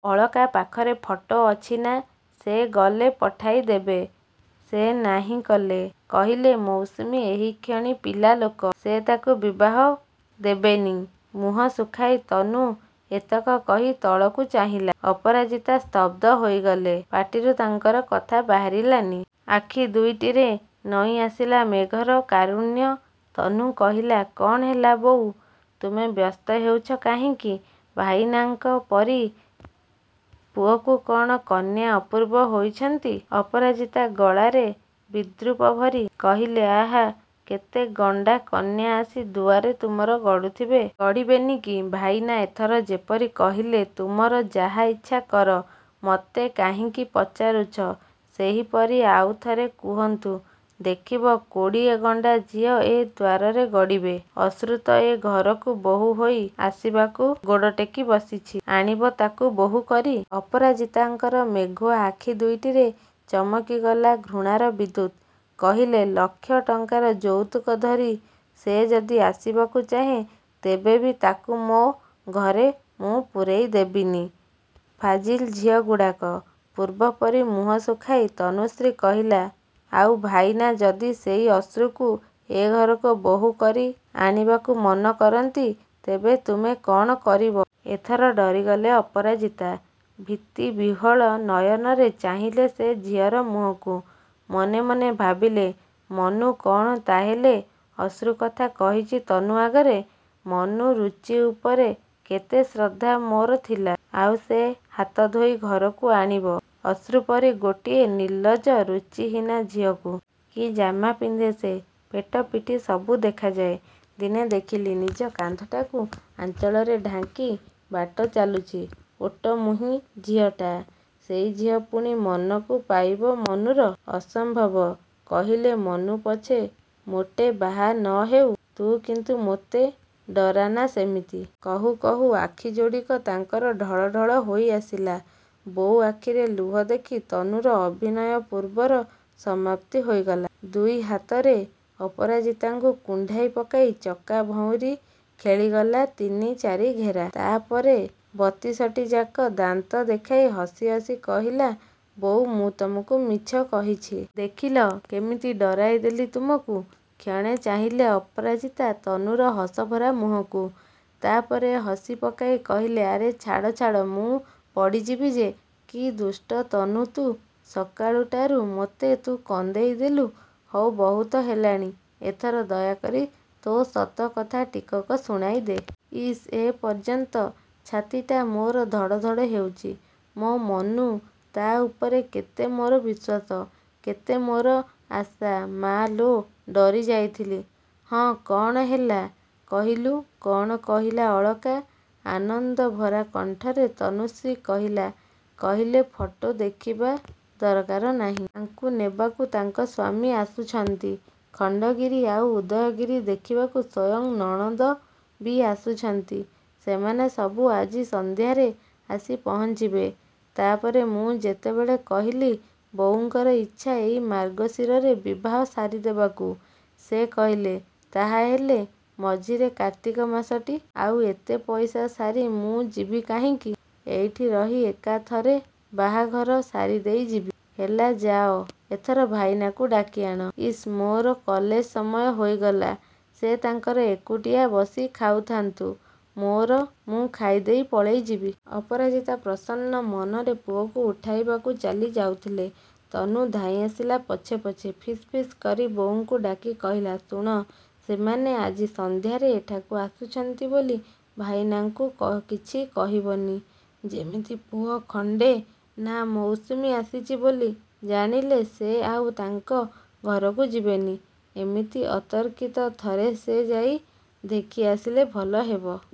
ଅଳକା ପାଖରେ ଫଟୋ ଅଛି, ନା ସେ ଗଲେ ପଠାଇଦେବେ? ସେ ନାହିଁ କଲେ। କହିଲେ, ମୌସୁମୀ ଏହିକ୍ଷଣି ପିଲା ଲୋକ। ସେ ତାକୁ ବିବାହ ଦେବେନି'। ମୁହଁ ଶୁଖାଇ ତନୁ ଏତକ କହି ତଳକୁ ଚାହିଁଲା। ଅପରାଜିତା ସ୍ତବ୍ଧ ହୋଇଗଲେ। ପାଟିରୁ ତାଙ୍କର କଥା ବାହାରିଲାନି। ଆଖିଦୁଇଟିରେ ନଇଁଆସିଲା ମେଘର କାରୁଣ୍ୟ। ତନୁ କହିଲା, କ'ଣ ହେଲା, ବୋଉ? ତୁମେ ବ୍ୟସ୍ତ ହେଉଛ କାହିଁକି? ଭାଇନାଙ୍କ ପରି ପୁଅକୁ କ'ଣ କନ୍ୟା ଅପୂର୍ବ ହୋଇଛନ୍ତି?" ଅପରାଜିତା ଗଳାରେ ବିଦ୍ରୂପ ଭରି କହିଲେ, ଆହାଃ କେତେ ଗଣ୍ଡା କନ୍ୟା ଆସି ଦୁଆରେ ତୁମର ଗଡ଼ୁଥିବେ! ଗଡ଼ିବେନି କି! ଭାଇନା ଏଥର ଯେପରି କହିଲେ, ତୁମର ଯାହା ଇଚ୍ଛା କର, ମୋତେ କାହିଁକି ପଚାରୁଛ', ସେହିପରି ଆଉଥରେ କୁହନ୍ତୁ, ଦେଖିବ କୋଡ଼ିଏ ଗଣ୍ଡା ଝିଅ ଏ ଦ୍ୱାରରେ ଗଡ଼ିବେ।"ଅଶ୍ରୁ ତ ଏ ଘରକୁ ବୋହୂ ହୋଇ ଆସିବାକୁ ଗୋଡ଼ଟେକି ବସିଛି। ଆଣିବ ତାକୁ ବୋହୂ କରି? ଅପରାଜିତାଙ୍କର ମେଘୁଆ ଆଖି ଦୁଇଟିରେ ଚମକିଗଲା ଘୃଣାର ବିଦ୍ୟୁତ୍। କହିଲେ, ଲକ୍ଷ ଟଙ୍କାର ଯୌତୁକ ଧରି ସେ ଯଦି ଆସିବାକୁ ଚାହେଁ, ତେବେ ବି ତାକୁ ମୋ ଘରେ ମୁଁ ପୁରାଇଦେବିନି। ଫାଜିଲ୍ ଝିଅଗୁଡ଼ାକ! ପୂର୍ବ ପରି ମୁହଁ ଶୁଖାଇ ତନୁଶ୍ରୀ କହିଲା, "ଆଉ ଭାଇନା ଯଦି ସେଇ ଅଶ୍ରୁକୁ ଏ ଘରକୁ ବୋହୂ କରି ଆଣିବାକୁ ମନ କରନ୍ତି, ତେବେ ତୁମେ କ'ଣ କରିବ? ଏଥର ଡରିଗଲେ ଅପରାଜିତା। ଭୀତିବିହ୍ୱଳ ନୟନରେ ଚାହିଁଲେ ସେ ଝିଅର ମୁହଁକୁ। ମନେ ମନେ ଭାବିଲେ, 'ମନୁ କ'ଣ ତାହେଲେ ଅଶ୍ରୁ କଥା କହିଛି ତନୁ ଆଗରେ! ମନୁ ରୁଚି ଉପରେ କେତେ ଶ୍ରଦ୍ଧା ମୋର ଥିଲା। ଆଉ ସେ ହାତଧୋଇ ଘରକୁ ଆଣିବ ଅଶ୍ରୁପରି ଗୋଟିଏ ନିର୍ଲଜ୍ଜ, ରୁଚିହୀନା ଝିଅକୁ! କି ଜାମା ପିନ୍ଧେ ସେ! ପେଟ, ପିଠି ସବୁ ଦେଖାଯାଏ। ଦିନେ ଦେଖିଲି ନିଜ କାନ୍ଧଟାକୁ ଆଞ୍ଚଳରେ ଢାଙ୍କି ବାଟ ଚାଲୁଛି, ଓଟ ମୁହିଁ ଝିଅଟା। ସେଇ ଝିଅ ପୁଣି ମନକୁ ପାଇବ ମନୁର! ଅସମ୍ଭବ!' କହିଲେ, ମନୁ ପଛେ ମୋଟେ ବାହା ନ ହେଉ, ତୁ କିନ୍ତୁ ମୋତେ ଡରାନା ସେମିତି।" କହୁ କହୁ ଆଖିଯୋଡ଼ିକ ତାଙ୍କର ଢଳଢଳ ହୋଇଆସିଲା। ବୋଉ ଆଖିରେ ଲୁହ ଦେଖି ତନୁର ଅଭିନୟ ପର୍ବର ସମାପ୍ତି ହୋଇଗଲା। ଦୁଇ ହାତରେ ଅପରାଜିତାଙ୍କୁ କୁଣ୍ଢାଇ ପକାଇ ଚକା ଭଉଁରି ଖେଳିଗଲା ତିନି-ଚାରି ଘେରା। ତାପରେ ବତିଶଟିଯାକ ଦାନ୍ତ ଦେଖାଇ ହସି ହସି କହିଲା, ବୋଉ, ମୁଁ ତୁମକୁ ମିଛ କହିଛି। ଦେଖିଲ କେମିତି ଡରାଇ ଦେଲି ତୁମକୁ! କ୍ଷଣେ ଚାହିଁଲେ ଅପରାଜିତା, ତନୁର ହସଭରା ମୁହଁକୁ। ତାପରେ ହସିପକାଇ କହିଲେ, ଆରେ ଛାଡ଼, ଛାଡ଼, ମୁଁ ପଡ଼ିଯିବି ଯେ। କି ଦୁଷ୍ଟ ତନୁ ତୁ! ସକାଳୁଟାରୁ ମୋତେ ତୁ କନ୍ଦାଇ ଦେଲୁ। ହଉ, ବହୁତ ହେଲାଣି। ଏଥର ଦୟାକରି ତୋ ସତ କଥା ଟିକକ ଶୁଣାଇଦେ। ଇସ୍, ଏ ପର୍ଯ୍ୟନ୍ତ ଛାତିଟା ମୋର ଧଡ଼ ଧଡ଼ ହେଉଛି! ମୋ ମନୁ, ତା' ଉପରେ କେତେ ମୋର ବିଶ୍ୱାସ, କେତେ ମୋର ଆଶା ମା’ଲୋ, ଡରିଯାଇଥିଲି। ହଁ, କ'ଣ ହେଲା, କହିଲୁ? କ'ଣ କହିଲା ଅଳକା? ଆନନ୍ଦଭରା କଣ୍ଠରେ ତନୁଶ୍ରୀ କହିଲା, କହିଲେ, 'ଫଟୋ ଦେଖିବା ଦରକାର ନାହିଁ। ତାଙ୍କୁ ନେବାକୁ ତାଙ୍କ ସ୍ୱାମୀ ଆସୁଛନ୍ତି। ଖଣ୍ଡଗିରି ଆଉ ଉଦୟଗିରି ଦେଖିବାକୁ ସ୍ୱୟଂ ନଣନ୍ଦ ବି ଆସୁଛନ୍ତି। ସେମାନେ ସବୁ ଆଜି ସନ୍ଧ୍ୟାରେ ଆସି ପହଞ୍ଚିବେ।' ତାପରେ ମୁଁ ଯେତେବେଳେ କହିଲି ବୋଉଙ୍କର ଇଚ୍ଛା ଏଇ ମାର୍ଗଶିରରେ ବିବାହ ସାରିଦେବାକୁ, ସେ କହିଲେ, 'ତାହାହେଲେ ମଝିରେ କାର୍ତ୍ତିକ ମାସଟି। ଆଉ ଏତେ ପଇସା ସାରି ମୁଁ ଯିବି କାହିଁକି? ଏଇଠି ରହି ଏକାଥରେ ବାହାଘର ସାରିଦେଇ ଯିବି।' ହେଲା! ଯାଅ ଏଥର ଭାଇନାକୁ ଡାକିଆଣ। ଇସ୍, ମୋର କଲେଜ ସମୟ ହୋଇଗଲା। ସେ ତାଙ୍କର ଏକୁଟିଆ ବସି ଖାଉଥାନ୍ତୁ। ମୋର ମୁଁ ଖାଇଦେଇ ପଳେଇ ଯିବି। ଅପରାଜିତା ପ୍ରସନ୍ନ ମନରେ ପୁଅକୁ ଉଠାଇବାକୁ ଚାଲିଯାଉଥିଲେ। ତନୁ ଧାଇଁଆସିଲା ପଛେ ପଛେ। ଫିସ୍-ଫିସ୍ କରି ବୋଉଙ୍କୁ ଡାକି କହିଲା, ଶୁଣ, ସେମାନେ ଆଜି ସନ୍ଧ୍ୟାରେ ଏଠାକୁ ଆସୁଛନ୍ତି ବୋଲି ଭାଇନାକୁ କିଛି କହିବନି। ଯେମିତି ପୁଅ ଖଣ୍ଡେ ନା, ମୌସୁମୀ ଆସିଛି ବୋଲି ଜାଣିଲେ ସେ ଆଉ ତାଙ୍କ ଘରକୁ ଯିବେନି। ଏମିତି ଅତର୍କିତ ଥରେ ସେ ଯାଇ ଦେଖିଆସିଲେ ଭଲ ହେବ।